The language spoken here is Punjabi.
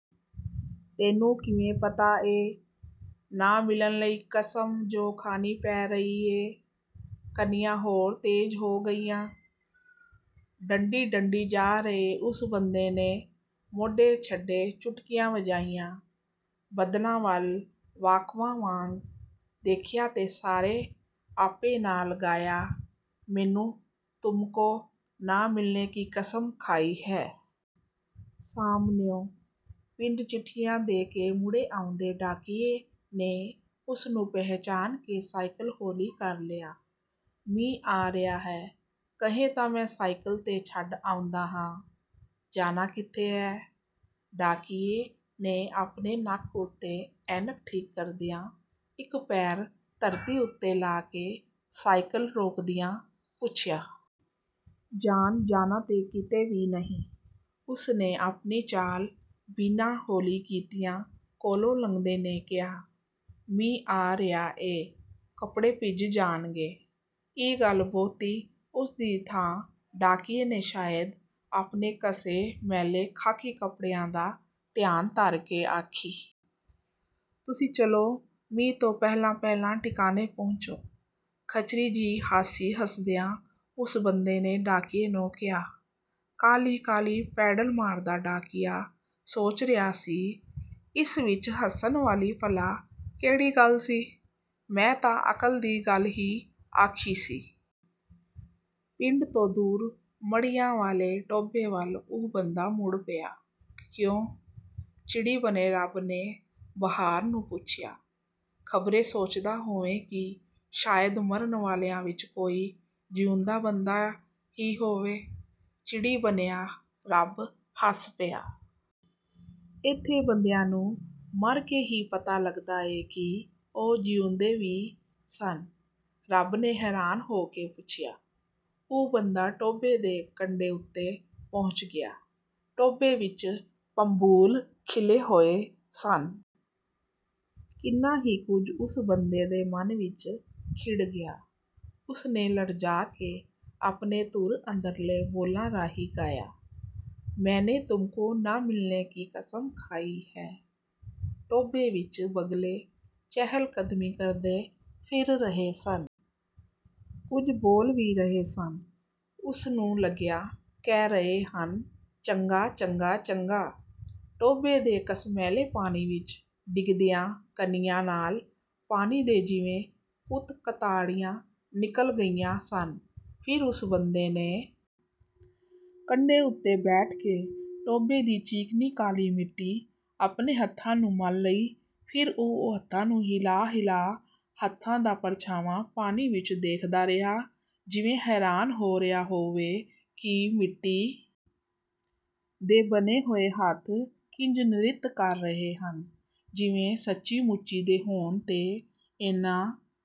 ''ਤੈਨੂੰ ਕਿਵੇਂ ਪਤਾ ਏ"? ''ਨਾ ਮਿਲਣ ਲਈ ਕਸਮ ਜੋ ਖਾਣੀ ਪੈ ਰਹੀ ਏ"। ਕਣੀਆਂ ਹੋਰ ਤੇਜ਼ ਹੋ ਗਈਆਂ। ਡੰਡੀ-ਡੰਡੀ ਜਾ ਰਹੇ ਉਸ ਬੰਦੇ ਨੇ ਮੋਢੇ ਛੱਡੇ ਚੁਟਕੀਆਂ ਵਜਾਈਆਂ, ਬੱਦਲਾਂ ਵੱਲ ਵਾਕਫਾਂ ਵਾਂਗ ਦੇਖਿਆ ਤੇ ਸਾਰੇ ਆਪੇ ਨਾਲ ਗਾਇਆ, ''ਮੈਨੂੰ ਤੁਮਕੋ ਨਾ ਮਿਲਨੇ ਕੀ ਕਸਮ ਖਾਈ ਹੈ"। ਸਾਹਮਣਿਓਂ, ਪਿੰਡ ਚਿੱਠੀਆਂ ਦੇ ਕੇ ਮੁੜੇ ਆਉਂਦੇ ਡਾਕੀਏ ਨੇ ਉਸ ਨੂੰ ਪਹਿਚਾਣ ਕੇ ਸਾਈਕਲ ਹੌਲੀ ਕਰ ਲਿਆ। ''ਮੀਂਹ ਆ ਰਿਹਾ ਹੈ, ਕਹੇਂ ਤਾਂ ਮੈਂ ਸਾਈਕਲ 'ਤੇ ਛੱਡ ਆਉਂਦਾ ਹਾਂ, ਜਾਣਾ ਕਿੱਥੇ ਐ"? ਡਾਕੀਏ ਨੇ ਆਪਣੇ ਨੱਕ ਉਤੇ ਐਨਕ ਠੀਕ ਕਰਦਿਆਂ, ਇੱਕ ਪੈਰ ਧਰਤੀ ਉਤੇ ਲਾ ਕੇ ਸਾਈਕਲ ਰੋਕਦਿਆਂ ਪੁੱਛਿਆ। ''ਜਾਣ, ਜਾਣਾ ਤਾਂ ਕਿਤੇ ਵੀ ਨਹੀਂ'' ਉਸ ਨੇ ਆਪਣੀ ਚਾਲ ਬਿਨਾਂ ਹੌਲੀ ਕੀਤਿਆਂ ਕੋਲੋਂ ਲੰਘਦੇ ਨੇ ਕਿਹਾ। ''ਮੀਂਹ ਆ ਰਿਹਾ ਏ ਕੱਪੜੇ ਭਿੱਜ ਜਾਣਗੇ'' ਇਹ ਗੱਲ ਬਹੁਤੀ ਉਸ ਦੀ ਥਾਂ ਡਾਕੀਏ ਨੇ ਸ਼ਾਇਦ ਆਪਣੇ ਘਸੇ ਮੈਲੇ ਖਾਕੀ ਕੱਪੜਿਆਂ ਦਾ ਧਿਆਨ ਧਰ ਕੇ ਆਖੀ। ''ਤੁਸੀਂ ਚੱਲੋ ਮੀਂਹ ਤੋਂ ਪਹਿਲਾਂ-ਪਹਿਲਾਂ ਟਿਕਾਣੇ ਪਹੁੰਚੋ" ਖਚਰੀ ਜਿਹੀ ਹਾਸੀ ਹੱਸਦਿਆਂ ਉਸ ਬੰਦੇ ਨੇ ਡਾਕੀਏ ਨੂੰ ਕਿਹਾ। ਕਾਹਲੀ-ਕਾਹਲੀ ਪੈਡਲ ਮਾਰਦਾ ਡਾਕੀਆ ਸੋਚ ਰਿਹਾ ਸੀ ''ਇਸ ਵਿੱਚ ਹੱਸਣ ਵਾਲੀ ਭਲਾ ਕਿਹੜੀ ਗੱਲ ਸੀ, ਮੈਂ ਤਾਂ ਅਕਲ ਦੀ ਗੱਲ ਹੀ ਆਖੀ ਸੀ"। ਪਿੰਡ ਤੋਂ ਦੂਰ ਮੜ੍ਹੀਆਂ ਵਾਲੇ ਟੋਭੇ ਵੱਲ ਉਹ ਬੰਦਾ ਮੁੜ ਪਿਆ। ''ਕਿਉਂ"? ਚਿੜੀ ਬਣੇ ਰੱਬ ਨੇ ਬਹਾਰ ਨੂੰ ਪੁੱਛਿਆ। ਖਬਰੇ ਸੋਚਦਾ ਹੋਵੇ ਕਿ ਸ਼ਾਇਦ ਮਰਨ ਵਾਲਿਆਂ ਵਿੱਚ ਕੋਈ ਜਿਊਂਦਾ ਬੰਦਾ ਹੀ ਹੋਵੇ'। ਚਿੜੀ ਬਣਿਆ ਰੱਬ ਹੱਸ ਪਿਆ। ''ਇਥੇ ਬੰਦਿਆਂ ਨੂੰ ਮਰ ਕੇ ਹੀ ਪਤਾ ਲਗਦਾ ਏ ਕਿ ਉਹ ਜਿਊਂਦੇ ਵੀ ਸਨ"। ਰੱਬ ਨੇ ਹੈਰਾਨ ਹੋ ਕੇ ਪੁੱਛਿਆ। ਉਹ ਬੰਦਾ ਟੋਭੇ ਦੇ ਕੰਢੇ ਉਤੇ ਪਹੁੰਚ ਗਿਆ। ਟੋਭੇ ਵਿੱਚ ਭੰਬੂਲ ਖਿਲੇ ਹੋਏ ਸਨ। ਕਿੰਨਾ ਹੀ ਕੁਝ ਉਸ ਬੰਦੇ ਦੇ ਮਨ ਵਿੱਚ ਖਿੜ ਗਿਆ। ਉਸ ਨੇ ਲਰਜ਼ਾ ਕੇ ਆਪਣੇ ਧੁਰ ਅੰਦਰਲੇ ਬੋਲਾਂ ਰਾਹੀਂ ਗਾਇਆ, ''ਮੈਨੇ ਤੁਮਕੋ ਨਾ ਮਿਲਨੇ ਕੀ ਕਸਮ ਖਾਈ ਹੈ"। ਟੋਭੇ ਵਿੱਚ ਬਗਲੇ ਚੁਹਲ-ਕਦਮੀ ਕਰਦੇ ਫਿਰ ਰਹੇ ਸਨ। ਕੁਝ ਬੋਲ ਵੀ ਰਹੇ ਸਨ ਉਸ ਨੂੰ ਲੱਗਿਆ ਕਹਿ ਰਹੇ ਹਨ, 'ਚੰਗਾ' 'ਚੰਗਾ' 'ਚੰਗਾ'। ਟੋਭੇ ਦੇ ਘਸਮੈਲੇ ਪਾਣੀ ਵਿੱਚ ਡਿੱਗਦੀਆਂ ਕਣੀਆਂ ਨਾਲ ਪਾਣੀ ਦੇ ਜਿਵੇਂ ਕੁਤਕਤਾੜੀਆਂ ਨਿਕਲ ਗਈਆਂ ਸਨ ਫਿਰ ਉਸ ਬੰਦੇ ਨੇ ਕੰਢੇ ਉਤੇ ਬੈਠ ਕੇ ਟੋਭੇ ਦੀ ਚੀਕਣੀ ਕਾਲੀ ਮਿੱਟੀ ਆਪਣੇ ਹੱਥਾਂ ਨੂੰ ਮਲ ਲਈ ਫਿਰ ਉਹ ਹੱਥਾਂ ਨੂੰ ਹਿਲਾ-ਹਿਲਾ ਹੱਥਾਂ ਦਾ ਪਰਛਾਵਾਂ ਪਾਣੀ ਵਿੱਚ ਦੇਖਦਾ ਰਿਹਾ ਜਿਵੇਂ ਹੈਰਾਨ ਹੋ ਰਿਹਾ ਹੋਵੇ ਕਿ ਮਿੱਟੀ ਦੇ ਬਣੇ ਹੋਏ ਹੱਥ ਕਿੰਜ ਨ੍ਰਿਤ ਕਰ ਰਹੇ ਹਨ, ਜਿਵੇਂ ਸੱਚੀ-ਮੁੱਚੀਂ ਦੇ ਹੋਣ ਤੇ ਇਨ੍ਹਾਂ